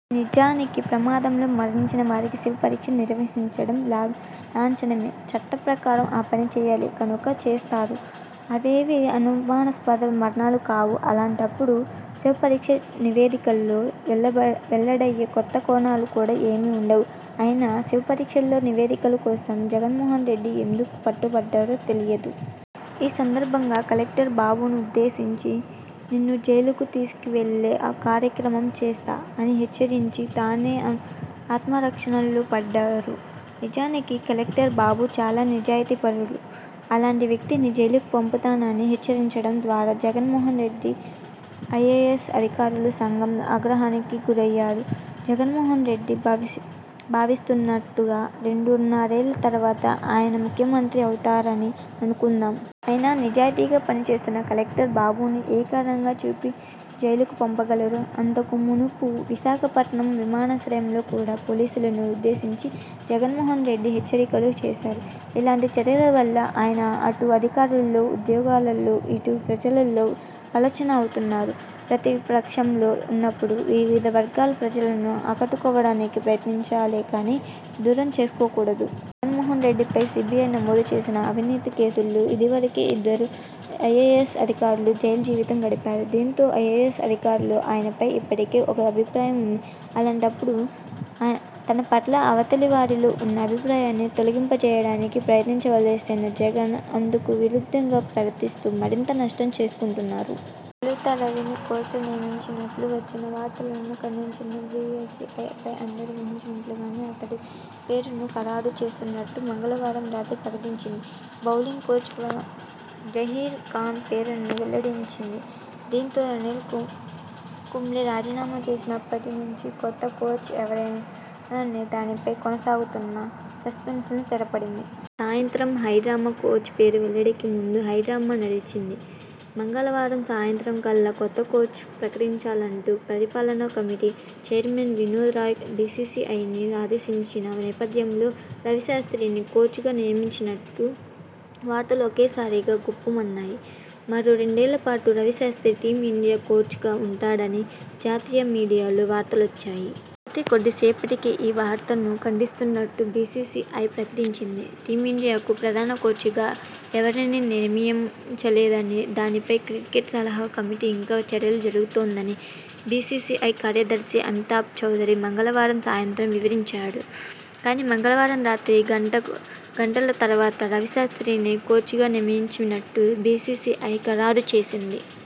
నిజానికి ప్రమాదంలో మరణించినవారికి శవ పరీక్ష నిర్వహించడం లాంఛనమే! చట్ట ప్రకారం ఆ పని చేయాలి కనుక చేస్తారు. అవేవీ అనుమానాస్పద మరణాలు కావు. అలాంటప్పుడు శవ పరీక్ష నివేదికలో వెల్లడయ్యే కొత్త కోణాలు కూడా ఏమీ ఉండవు. అయినా శవ పరీక్ష నివేదిక కోసం జగన్మోహన్రెడ్డి ఎందుకు పట్టుబట్టారో తెలియదు. ఈ సందర్భంగా కలెక్టర్ బాబును ఉద్దేశించి 'నిన్ను జైలుకు తీసుకువెళ్లే కార్యక్రమం చేస్తా' అని హెచ్చరించి తానే ఆత్మరక్షణలో పడ్డారు. నిజానికి కలెక్టర్ బాబు చాలా నిజాయితీపరుడు. అలాంటి వ్యక్తిని జైలుకు పంపుతానని హెచ్చరించడం ద్వారా జగన్మోహన్రెడ్డి ఐఏఎస్ అధికారుల సంఘం ఆగ్రహానికి గురయ్యారు. జగన్మోహన్రెడ్డి భావిస్తున్నట్టుగా రెండున్నరేళ్ల తర్వాత ఆయన ముఖ్యమంత్రి అవుతారని అనుకుందాం! అయినా నిజాయితీగా పనిచేస్తున్న కలెక్టర్ బాబును ఏ కారణం చూపి జైలుకు పంపగలరు? అంతకు మునుపు విశాఖపట్టణం విమానాశ్రయంలో కూడా పోలీసులను ఉద్దేశించి జగన్మోహన్రెడ్డి హెచ్చరికలు చేశారు. ఇలాంటి చర్యల వల్ల ఆయన అటు అధికారులలో, ఉద్యోగులలో, ఇటు ప్రజలలో పలుచన అవుతున్నారు. ప్రతిపక్షంలో ఉన్నప్పుడు వివిధ వర్గాల ప్రజలను ఆకట్టుకోవడానికి ప్రయత్నించాలే గానీ దూరం చేసుకోకూడదు. జగన్మోహన్రెడ్డిపై సీబీఐ నమోదుచేసిన అవినీతి కేసులలో ఇదివరకే ఇద్దరు ఐఏఎస్ అధికారులు జైలు జీవితం గడిపారు. దీంతో ఐఏఎస్ అధికారులలో ఆయనపై ఇప్పటికే ఒక అభిప్రాయం ఉంది. అలాంటప్పుడు తనపట్ల అవతలి వారిలో ఉన్న అభిప్రాయాన్ని తొలగింపజేయడానికి ప్రయత్నించవలసిన జగన్ అందుకు విరుద్ధంగా ప్రవర్తిస్తూ మరింత నష్టం చేసుకుంటున్నారు. తొలుత రవిని కోచ్గా నియమించినట్టు వచ్చిన వార్తలను ఖండించిన బీసీసీఐ ఆపై అందరూ ఊహించినట్టుగానే అతడి పేరునే ఖరారు చేస్తున్నట్టు మంగళవారం రాత్రి ప్రకటించింది. బౌలింగ్ కోచ్గా జహీర్ ఖాన్ పేరును వెల్లడించింది. దీంతో అనిల్ కుంబ్లే రాజీనామా చేసినప్పటి నుంచి కొత్త కోచ్ ఎవరనే దానిపై కొనసాగుతున్న సస్పెన్స్కు తెరపడింది. సాయంత్రం హై డ్రామా కోచ్ పేరు వెల్లడికి ముందు హైడ్రామా నడిచింది. మంగళ వారం సాయంత్రానికల్లా కొత్త కోచ్ను ప్రకటించాలంటూ పరిపాలనా కమిటీ చైర్మన్ వినోద్ రాయ్ బీసీసీఐని ఆదేశించిన నేపథ్యంలో రవిశాస్ర్తిని కోచ్గా నియమించినట్టు వార్తలు ఒక్క సారిగా గుప్పుమన్నాయి. మరో రెండేళ్లపాటు రవిశాస్ర్తి టీమిం డియా కోచ్గా ఉంటాడని జాతీయ మీడియాలో వార్తలొచ్చాయి. అయితే కొద్దిసేపటికే ఈ వార్తలను ఖండిస్తున్నట్టు బీసీసీఐ ప్రకటించింది. టీమిండియాకు ప్రధాన కోచ్గా ఎవరినీ నియమిం చలేదని, దానిపై క్రికెట్ సలహా కమిటీ ఇంకా చర్చలు జరుపుతోందని బీసీసీఐ కార్యదర్శి అమితాబ్ చౌదరి మంగళ వారం సాయంత్రం వివరించాడు. కానీ మంగళవారం రాత్రి గంటల తర్వాత రవిశాస్ర్తినే కోచ్గా నియమించినట్టు బీసీసీఐ ఖరారు చేసింది.